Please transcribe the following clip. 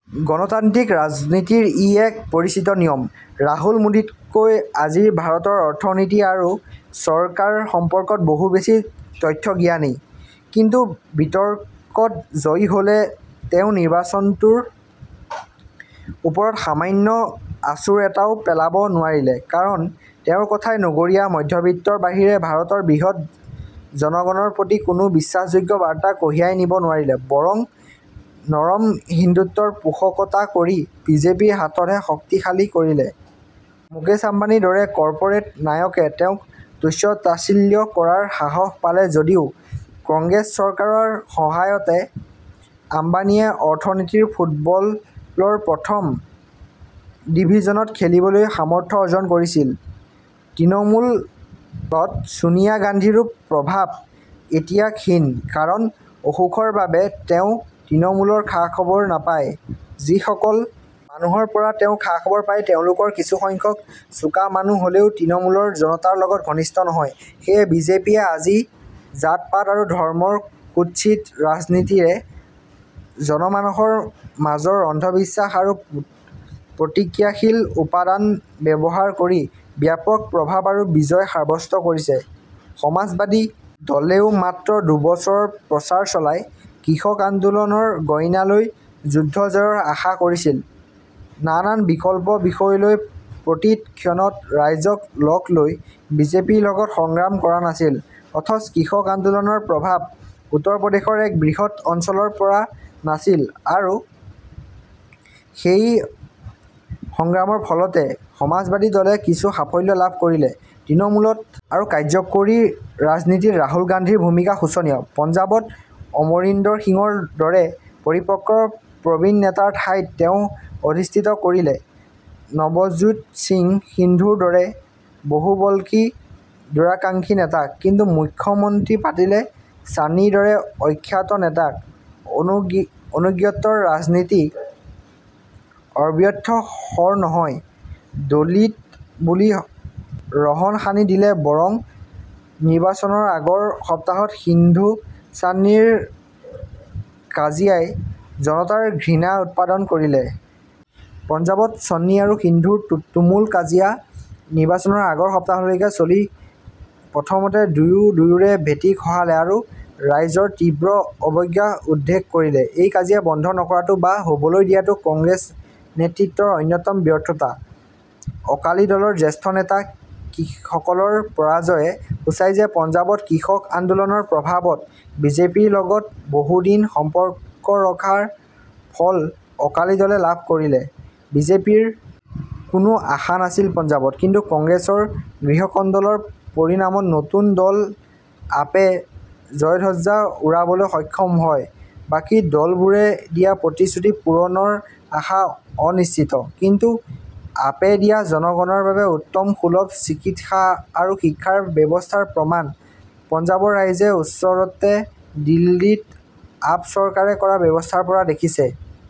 গণতান্ত্ৰিক ৰাজনীতিৰ ই এক পৰিচিত নিয়ম। ৰাহুল মোদীতকৈ আজিৰ ভাৰতৰ অৰ্থনীতি আৰু চৰকাৰ সম্পৰ্কত বহু বেছি তথ্য জ্ঞানী। কিন্তু বিতৰ্কত জয়ী হ'লেও তেওঁ নিৰ্বাচনটোৰ ওপৰত সামান্য আঁচোৰ এটাও পেলাব নোৱাৰিলে। কাৰণ তেওঁৰ কথাই নগৰীয়া মধ্যবিত্তৰ বাহিৰে ভাৰতৰ বৃহৎ জনগণৰ প্ৰতি কোনো বিশ্বাসযোগ্য বাৰ্তা কঢ়িয়াই নিব নোৱাৰিলে, বৰং নৰম হিন্দুত্বৰ পোষকতা কৰি বিজেপিৰ হাতহে শক্তিশালী কৰিলে। মুকেশ আম্বানিৰ দৰে কৰ্পোৰেট নায়কে তেওঁক তুচ্ছতাচ্ছিল্য কৰাৰ সাহস পালে যদিও কংগ্ৰেছ চৰকাৰৰ সহায়তে আম্বানিয়ে অৰ্থনীতিৰ ফুটবলৰ প্ৰথম ডিভিজনত খেলিবলৈ সামৰ্থ্য অৰ্জন কৰিছিল। তৃণমূলত ছোনিয়া গান্ধীৰো প্ৰভাৱ এতিয়া ক্ষীণ। কাৰণ অসুখৰ বাবে তেওঁ তৃণমূলৰ খা-খবৰ নাপায়। যিসকল মানুহৰ পৰা তেওঁ খা-খবৰ পায়, তেওঁলোকৰ কিছু সংখ্যক চোকা মানুহ হ'লেও তৃণমূলৰ জনতাৰ লগত ঘনিষ্ঠ নহয়। সেয়ে বিজেপিয়ে আজি জাতপাত আৰু ধৰ্মৰ কুৎসিত ৰাজনীতিৰে জনমানসৰ মাজৰ অন্ধবিশ্বাস আৰু প্ৰতিক্ৰিয়াশীল উপাদান ব্যৱহাৰ কৰি ব্যাপক প্ৰভাৱ আৰু বিজয় সাব্যস্ত কৰিছে। সমাজবাদী দলেও মাত্ৰ দুবছৰ প্ৰচাৰ চলাই কৃষক আন্দোলনৰ গইনা লৈ যুদ্ধজয়ৰ আশা কৰিছিল। নানা বিকল্প বিষয় লৈ প্ৰতি ক্ষণত ৰাইজক লগত লৈ বিজেপিৰ লগত সংগ্ৰাম কৰা নাছিল, অথচ কৃষক আন্দোলনৰ প্ৰভাৱ উত্তৰ প্ৰদেশৰ এক বৃহৎ অঞ্চলত পৰা নাছিল আৰু সেই সংগ্ৰামৰ ফলতহে সমাজবাদী দলে কিছু সাফল্য লাভ কৰিলে। তৃণমূলত আৰু কাৰ্যকৰী ৰাজনীতিত ৰাহুল গান্ধীৰ ভূমিকা শোচনীয়। পঞ্জাবত অমৰিন্দৰ সিঙৰ দৰে পৰিপক্ক প্ৰবীণ নেতাৰ ঠাইত তেওঁ অধিস্থিত কৰিলে নৱজোৎ সিং সিদ্ধুৰ দৰে বহুবল্কী, দুৰাকাঙ্ক্ষী নেতাক। কিন্তু মুখ্য মন্ত্ৰী পাতিলে চান্নিৰ দৰে অখ্যাত নেতাক। আনুগত্যৰ ৰাজনীতি অব্যৰ্থ শৰ নহয়, দলিত বুলি ৰহণ সানি দিলেও বৰং নিৰ্বাচনৰ আগৰ সপ্তাহত সিদ্ধু চান্নিৰ কাজিয়াই জনতাৰ ঘৃণা উৎপাদন কৰিলে। পঞ্জাবত চান্নি আৰু সিদ্ধুৰ তুমুল কাজিয়া নিৰ্বাচনৰ আগৰ সপ্তাহলৈকে চলি প্ৰথমতে দুয়ো দুয়োৰে ভেটি খহালে আৰু ৰাইজৰ তীব্ৰ অৱজ্ঞা উদ্ৰেক কৰিলে। এই কাজিয়া বন্ধ নকৰাটো বা হ'বলৈ দিয়াটো কংগ্ৰেছ নেতৃত্বৰ অন্যতম ব্যৰ্থতা। অকালি দলৰ জ্যেষ্ঠ নেতা সকলৰ পৰাজয়ে সূচায় যে পঞ্জাবত কৃষক আন্দোলনৰ প্ৰভাবত বিজেপিৰ লগত বহুদিন সম্পৰ্ক ৰখাৰ ফল অকালি দলে লাভ কৰিলে। বিজেপিৰ কোনো আশা নাছিল পঞ্জাবত। কিন্তু কংগ্ৰেছৰ গৃহকন্দলৰ পৰিণামত নতুন দল আপে জয়ধ্বজা উৰাবলৈ সক্ষম হয়। বাকী দলবোৰে দিয়া প্ৰতিশ্ৰুতি পূৰণৰ আশা অনিশ্চিত। কিন্তু আপে দিয়া জনগণৰ বাবে উত্তম সুলভ চিকিৎসা আৰু শিক্ষাৰ ব্যৱস্থাৰ প্ৰমাণ পঞ্জাবৰ ৰাইজে ওচৰতে দিল্লীত আপ চৰকাৰে কৰা ব্যৱস্থাৰ পৰা দেখিছে।